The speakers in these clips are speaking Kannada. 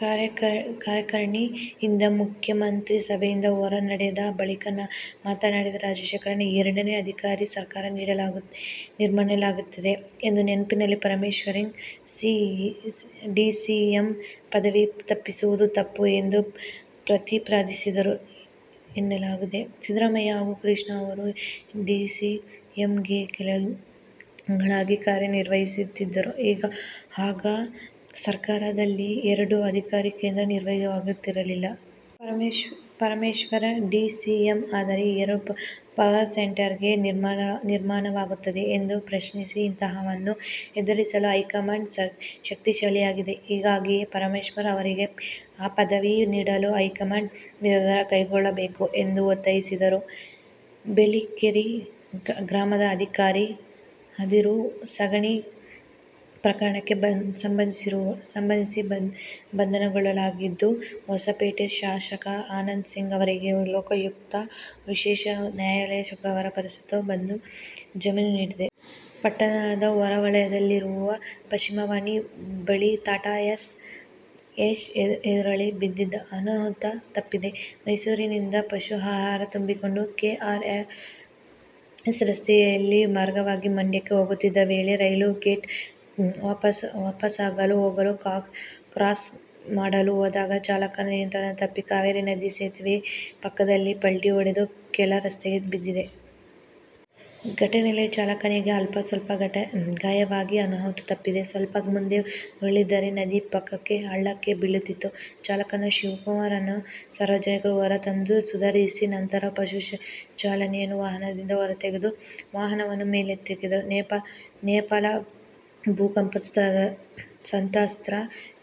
ಕಾರ್ಯಕಾರಿಣಿಯಿಂದ ಮುಖ್ಯ ಮಂತ್ರಿ ಸಭೆಯಿಂದ ಹೊರನಡೆದ ಬಳಿಕ ಮಾತನಾಡಿದ ರಾಜಶೇಖರನ್, ಎರಡು ಅಧಿಕಾರ ಕೇಂದ್ರ ನಿರ್ಮಾಣವಾಗುತ್ತದೆ ಎಂಬ ನೆಪದಲ್ಲಿ ಪರಮೇಶ್ವರ್ಗೆ ಡಿಸಿಎಂ ಪದವಿ ತಪ್ಪಿಸುವುದು ತಪ್ಪು ಎಂದು ಪ್ರತಿಪಾದಿಸಿದರು ಎನ್ನಲಾಗಿದೆ. ಸಿದ್ದರಾಮಯ್ಯ ಹಾಗೂ ಕೃಷ್ಣ ಅವರು ಡಿಸಿಎಂಗಳಾಗಿ ಕಾರ್ಯ ನಿರ್ವಹಿಸಿದ್ದರು. ಆಗ ಸರ್ಕಾರದಲ್ಲಿ ಎರಡು ಅಧಿಕಾರ ಕೇಂದ್ರ ನಿರ್ಮಾಣವಾಗಿರಲಿಲ್ಲ. ಪರಮೇಶ್ವರ್ ಡಿಸಿಎಂ ಆದರೆ ಎರಡು ಪವರ್ ಸೆಂಟರ್ ಹೇಗೆ ನಿರ್ಮಾಣವಾಗುತ್ತದೆ ಎಂದು ಪ್ರಶ್ನಿಸಿ, ಇಂತಹದನ್ನು ಎದುರಿಸಲು ಹೈಕಮಾಂಡ್ ಶಕ್ತಿಶಾಲಿಯಾಗಿದೆ. ಹೀಗಾಗಿ ಪರಮೇಶ್ವರ್ ಅವರಿಗೆ ಆ ಪದವಿ ನೀಡಲು ಹೈಕಮಾಂಡ್ ನಿರ್ಧಾರ ಕೈಗೊಳ್ಳಬೇಕು ಎಂದು ಒತ್ತಾಯಿಸಿದರು. ಬೇಲಿಕೇರಿ ಅಕ್ರಮ ಅದಿರು ಸಾಗಾಣಿಕೆ ಪ್ರಕರಣಕ್ಕೆ ಸಂಬಂಧಿಸಿ ಬಂಧನಕ್ಕೊಳಗಾಗಿದ್ದ ಹೊಸಪೇಟೆ ಶಾಸಕ ಆನಂದ್ ಸಿಂಗ್ ಅವರಿಗೆ ಲೋಕಾಯುಕ್ತ ವಿಶೇಷ ನ್ಯಾಯಾಲಯ ಶುಕ್ರವಾರ ಷರತ್ತು ಬದ್ಧ ಜಾಮೀನು ನೀಡಿದೆ. ಪಟ್ಟಣದ ಹೊರವಲಯದಲ್ಲಿರುವ ಪಶ್ಚಿಮವಾಹಿನಿ ಬಳಿ ಟಾಟಾ ಏಸ್ ಉರುಳಿ ಬಿದ್ದಿದ್ದು, ಅನಾಹುತ ತಪ್ಪಿದೆ. ಮೈಸೂರಿನಿಂದ ಪಶು ಆಹಾರ ತುಂಬಿಕೊಂಡು ಕೆಆರ್ಎಸ್ ರಸ್ತೆ ಮಾರ್ಗವಾಗಿ ಮಂಡ್ಯಕ್ಕೆ ಹೋಗುತ್ತಿದ್ದ ವೇಳೆ ರೈಲ್ವೆ ಗೇಟ್ ಪಾಸಾಗಲು ಹೋಗಲು ಕ್ರಾಸ್ ಮಾಡಲು ಹೋದಾಗ ಚಾಲಕನ ನಿಯಂತ್ರಣ ತಪ್ಪಿ ಕಾವೇರಿ ನದಿ ಸೇತುವೆ ಪಕ್ಕದಲ್ಲಿ ಪಲ್ಟಿ ಹೊಡೆದು ಕೆಳ ರಸ್ತೆಗೆ ಬಿದ್ದಿದೆ. ಘಟನೆಯಲ್ಲಿ ಚಾಲಕನಿಗೆ ಅಲ್ಪಸ್ವಲ್ಪ ಗಾಯವಾಗಿ ಅನಾಹುತ ತಪ್ಪಿದೆ. ಸ್ವಲ್ಪ ಮುಂದೆ ಉರುಳಿದ್ದರೆ ನದಿ ಪಕ್ಕದ ಹಳ್ಳಕ್ಕೆ ಬೀಳುತ್ತಿತ್ತು. ಚಾಲಕ ಶಿವಕುಮಾರನನ್ನು ಸಾರ್ವಜನಿಕರು ಹೊರ ತಂದು ಸುಧಾರಿಸಿ ನಂತರ ಪಶು ಚೀಲಗಳನ್ನು ವಾಹನದಿಂದ ಹೊರತೆಗೆದು ವಾಹನವನ್ನು ಮೇಲಕ್ಕೆತ್ತಿದರು. ನೇಪಾಳ ಭೂಕಂಪ ಸಂತ್ರಸ್ತರ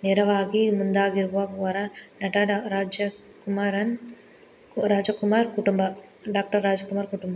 ನೆರವಿಗೆ ಮುಂದಾಗಿರುವ ವರನಟ ಡಾ. ರಾಜ್ಕುಮಾರ್ ಕುಟುಂಬ